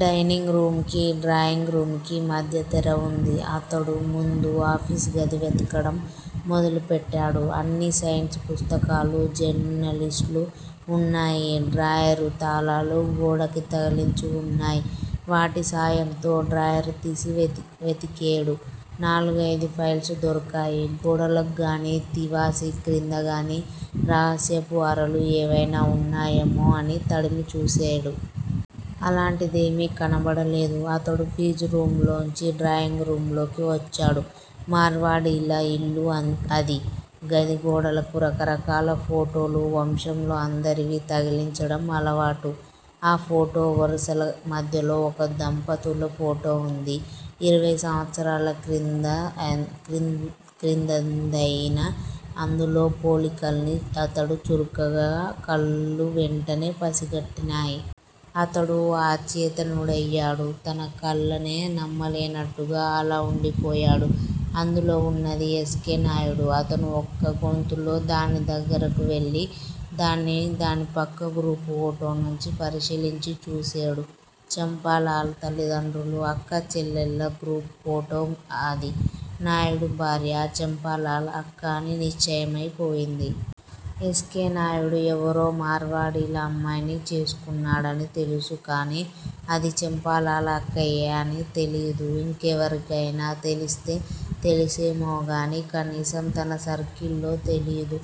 Dining రూముకీ, drawing room కీ మధ్య తెర వుంది. అతడు ముందు ఆఫీసు గది వెతకటం మొదలుపెట్టాడు. అన్నీ సైన్సు పుస్తకాలూ, జర్నల్సూ వున్నాయి. డ్రాయరు తాళాలు గోడకి తగిలించి వున్నాయి. వాటి సాయంతో డ్రాయరుతీసి వెతికేడు. నాలుగైదు ఫైల్స్ దొరికాయి. గోడలకు గానీ, తివాసీ క్రిందగానీ రహస్యపు అరలు ఏవైనా వున్నాయేమో అని తడిమి చూసేడు. అలాంటిదేమీ కనబడలేదు. అతడు ఫీజు రూమ్ లోంచి డ్రాయింగ్ రూమ్ లోకి వచ్చాడు. మార్వాడీల ఇల్లు అది. గది గోడలకి రకరకాల ఫోటోలు వంశంలో అందరివీ తగిలించటం అలవాటు. ఆ ఫోటో వరుసల మధ్యలో ఒక దంపతుల ఫోటో వుంది. ఇరవై సంవత్సరాల క్రితందయినా అందులో పోలికల్ని అతడి చురుకయిన కళ్ళు వెంటనే పసిగట్టినయ్. అతడు అచేతనుడయ్యాడు. తన కళ్ళనే నమ్మలేనట్టుగా అలా వుండిపోయాడు. అందులో వున్నది ఎస్. కె. నాయుడు. అతను ఒక్కగెంతులో దాని దగ్గిరకి వెళ్ళి దాన్నీ, దాని పక్క గ్రూపు ఫోటోనీ పరిశీలించి చూసేడు. చంపాలాల్ తల్లిదండ్రులు, అక్క చెల్లెళ్ళ గ్రూప్ ఫోటో అది. నాయుడు భార్య, చంపాలాల్ అక్క అని నిశ్చయమై పోయింది. ఎస్. కె. నాయుడు ఎవరో మార్వాడీల అమ్మాయిని చేసుకున్నాడని తెలుసు కానీ, అది చంపాలాల్ అక్కయ్యనే అని తెలీదు. ఇంకెవరికయినా తెలిస్తే తెలుసేమోగానీ, కనీసం తన సర్కిల్ లో తెలీదు.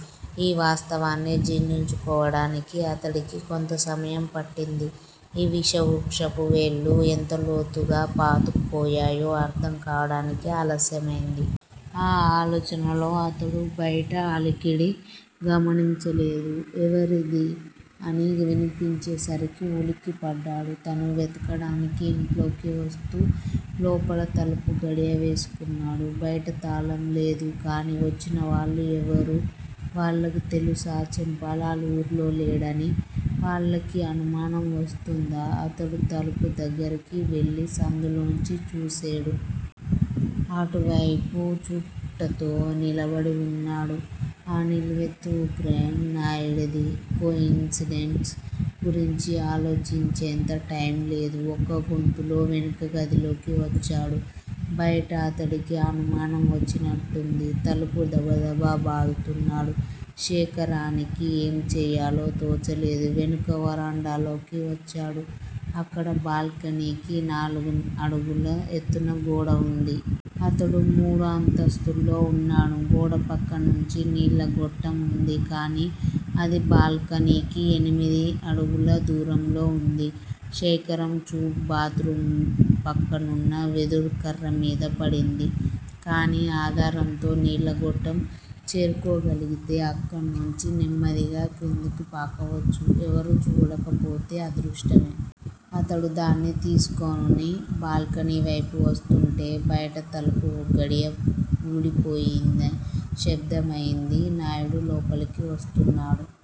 ఈ వాస్తవాన్ని జీర్ణించుకోవడానికి అతడికి కొంత సమయం పట్టింది. ఈ విషవృక్షపు వేళ్ళు ఎంత లోతుగా పాతుకుపోయాయో అర్థం కావటానికి ఆలస్యమైంది. ఆ ఆలోచనలో అతడు బయట అలికిడి గమనించలేదు. ఎవరది? అని వినిపించేసరికి ఉలిక్కిపడ్డాడు. తను వెతకటానికి ఇంట్లోకి వస్తూ లోపల తలుపు గడియ వేసుకున్నాడు. బయట తాళం లేదు. కానీ వచ్చినవాళ్ళు ఎవరు? వాళ్ళకి తెలుసా చంపాలాల్ ఊర్లో లేడని? వాళ్ళకి అనుమానం వస్తుందా? అతడు తలుపు దగ్గిరకి వెళ్ళి సందుల్లోంచి చూసేడు. అటువైపు చుట్టతో నిలబడి వున్నాడు. ఆ నిలువెత్తు విగ్రహం నాయుడిది. కో-ఇన్సిడెన్స్ గురించి ఆలోచించేంత టైమ్ లేదు. ఒక్క గెంతులో వెనుక గదిలోకి వచ్చాడు. బయట అతడికి అనుమానం వచ్చినట్టుంది. తలుపు దబదబా బాదుతున్నాడు. శేఖరానికి ఏం చెయ్యాలో తోచలేదు. వెనుక వరండాలోకి వచ్చాడు. అక్కడ బాల్కనీకి నాలుగు అడుగుల ఎత్తున గోడ వుంది. అతడు మూడో అంతస్తులో వున్నాడు. గోడపక్కనుంచి నీళ్ళ గొట్టం వుంది. కానీ అది బాల్కనీకి ఎనిమిది అడుగుల దూరంలో ఉంది. శేఖరం చూపు బాత్ రూము పక్కనున్న వెదురుకర్ర మీద పడింది. దాని ఆధారంతో నీళ్ళ గొట్టం చేరుకోగలిగితే, అక్కణ్నించి నెమ్మదిగా క్రిందికి పాకవచ్చు, ఎవరూ చూడకపోతే అదృష్టమే. అతడు దాన్ని తీసుకుని బాల్కనీవైపు వస్తుంటే- బయట తలుపు గడియ వూడిపోయిన శబ్దమయింది. నాయుడు లోపలికి వస్తున్నాడు.